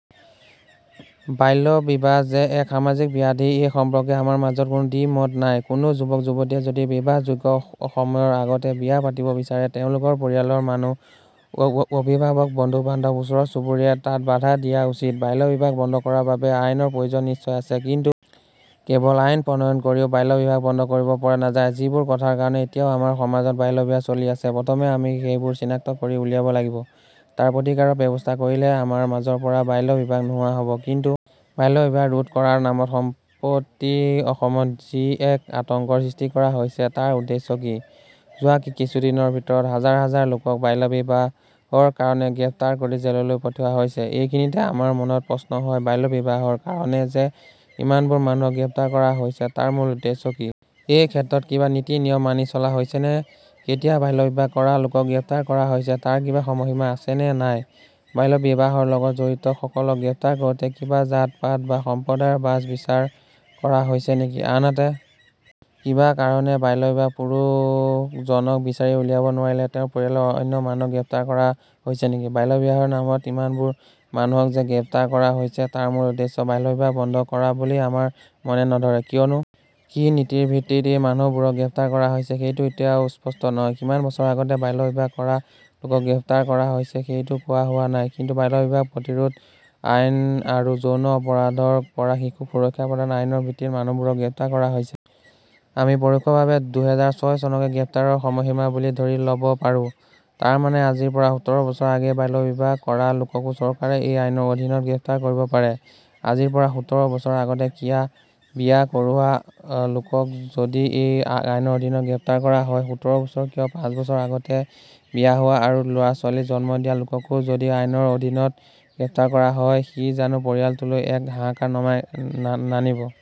বাল্য বিবাহ যে এক সামাজিক ব্যাধি সেই সম্পৰ্কে আমাৰ মাজত কোনো দ্বি-মত নাই। কোনো যুৱক-যুৱতীয়ে যদি বিবাহযোগ্য সময়ৰ আগতে বিয়া পাতিব বিচাৰে তেওঁলোকৰ পৰিয়ালৰ মানুহ অভিভাৱক বন্ধু-বান্ধৱ বা ওচৰ-চুবুৰীয়াই তাত বাধা দিয়া উচিত। বাল্য বিবাহ বন্ধ কৰাৰ বাবে আইনৰ প্ৰয়োজন নিশ্চয় আছে। কিন্তু কেৱল আইন প্ৰণয়ন কৰিয়ে বাল্য বিবাহ বন্ধ কৰিব পৰা নাযায়। যিবোৰ কথাৰ কাৰণে এতিয়াও আমাৰ সমাজত বাল্য বিবাহ চলি আছে প্ৰথমে আমি সেইবোৰ চিনাক্ত কৰি উলিয়াব লাগিব। তাৰ প্ৰতিকাৰৰ ব্যৱস্থা কৰিলেহে আমাৰ মাজৰ পৰা বাল্য বিবাহ নোহোৱা হ'ব। কিন্তু বাল্য বিবাহ ৰোধ কৰাৰ নামত সম্প্ৰতি অসমত যি এক আতংকৰ সৃষ্টি কৰা হৈছে তাৰ উদ্দেশ্য কি ?যোৱা কিছুদিনৰ ভিতৰত হাজাৰ হাজাৰ লোকক বাল্য বিবাহৰ কাৰণে গ্ৰেপ্তাৰ কৰি জেললৈ পঠিওৱা হৈছে। এইখিনিতে আমাৰ মনত প্ৰশ্ন হয় বাল্য বিবাহৰ কাৰণে যে ইমানবোৰ মানুহক গ্ৰেপ্তাৰ কৰা হৈছে তাৰ মূল উদ্দেশ্য কি? এই ক্ষেত্ৰত কিবা নীতি-নিয়ম মানি চলা হৈছেনে ?কেতিয়া বাল্য বিবাহ কৰা লোকক গ্ৰেপ্তাৰ কৰা হৈছে তাৰ কিবা সময়সীমা আছে নে নাই ?বাল্য বিবাহৰ লগত জড়িত সকলক গ্ৰেপ্তাৰ কৰোঁতে কিবা জাত-পাত বা সম্প্ৰদায়ৰ বাচ-বিচাৰ কৰা হৈছে নেকি ?আনহাতে কিবা কাৰণে বাল্য বিবাহ কৰা পুৰুষজনক বিচাৰি উলিয়াব নোৱাৰিলে তেওঁৰ পৰিয়ালৰ অন্য মানুহক গ্ৰেপ্তাৰ কৰা হৈছে নেকি? বাল্য বিবাহৰ নামত ইমানবোৰ মানুহক যে গ্ৰেপ্তাৰ কৰা হৈছে তাৰ মূল উদ্দেশ্য বাল্য বিবাহ বন্ধ কৰা বুলি আমাৰ মনে নধৰে। কিয়নো কি নীতিৰ ভিত্তিত এই মানুহবোৰক গ্ৰেপ্তাৰ কৰা হৈছে সেইটো এতিয়াও স্পষ্ট নহয়। কিমান বছৰ আগতে বাল্য বিবাহ কৰা লোকক গ্ৰেপ্তাৰ কৰা হৈছে সেইটো কোৱা হোৱা নাই। কিন্তু বাল্য বিবাহ প্ৰতিৰোধ আইন আৰু যৌন অপৰাধৰ পৰা শিশুক সুৰক্ষা প্ৰদান আইনৰ ভিত্তিত মানুহবোৰক গ্ৰেপ্তাৰ কৰা হৈছে। আমি পৰোক্ষভাবে দুহেজাৰ ছয় চনকে গ্ৰেপ্তাৰৰ সময় সীমা বুলি ধৰি ল'ব পাৰোঁ। তাৰমানে আজিৰ পৰা সোতৰ বছৰ আগেয়ে বাল্য বিবাহ কৰা লোককো চৰকাৰে এই আইনৰ অধীনত গ্ৰেপ্তাৰ কৰিব পাৰে ।আজিৰ পৰা সুতৰ বছৰ আগতে বিয়া কৰোৱা লোকক যদি এই আইনৰ অধীনত গ্ৰেপ্তাৰ কৰা হয় সোতৰ বছৰ কিয় পাঁচ বছৰ আগতে বিয়া হোৱা আৰু ল'ৰা-ছোৱালী জন্ম দিয়া লোককো যদি এই আইনৰ অধীনত গ্ৰেপ্তাৰ কৰা হয় সি জানো পৰিয়ালটোলৈ এক হাহাকাৰ নমাই নানিব ।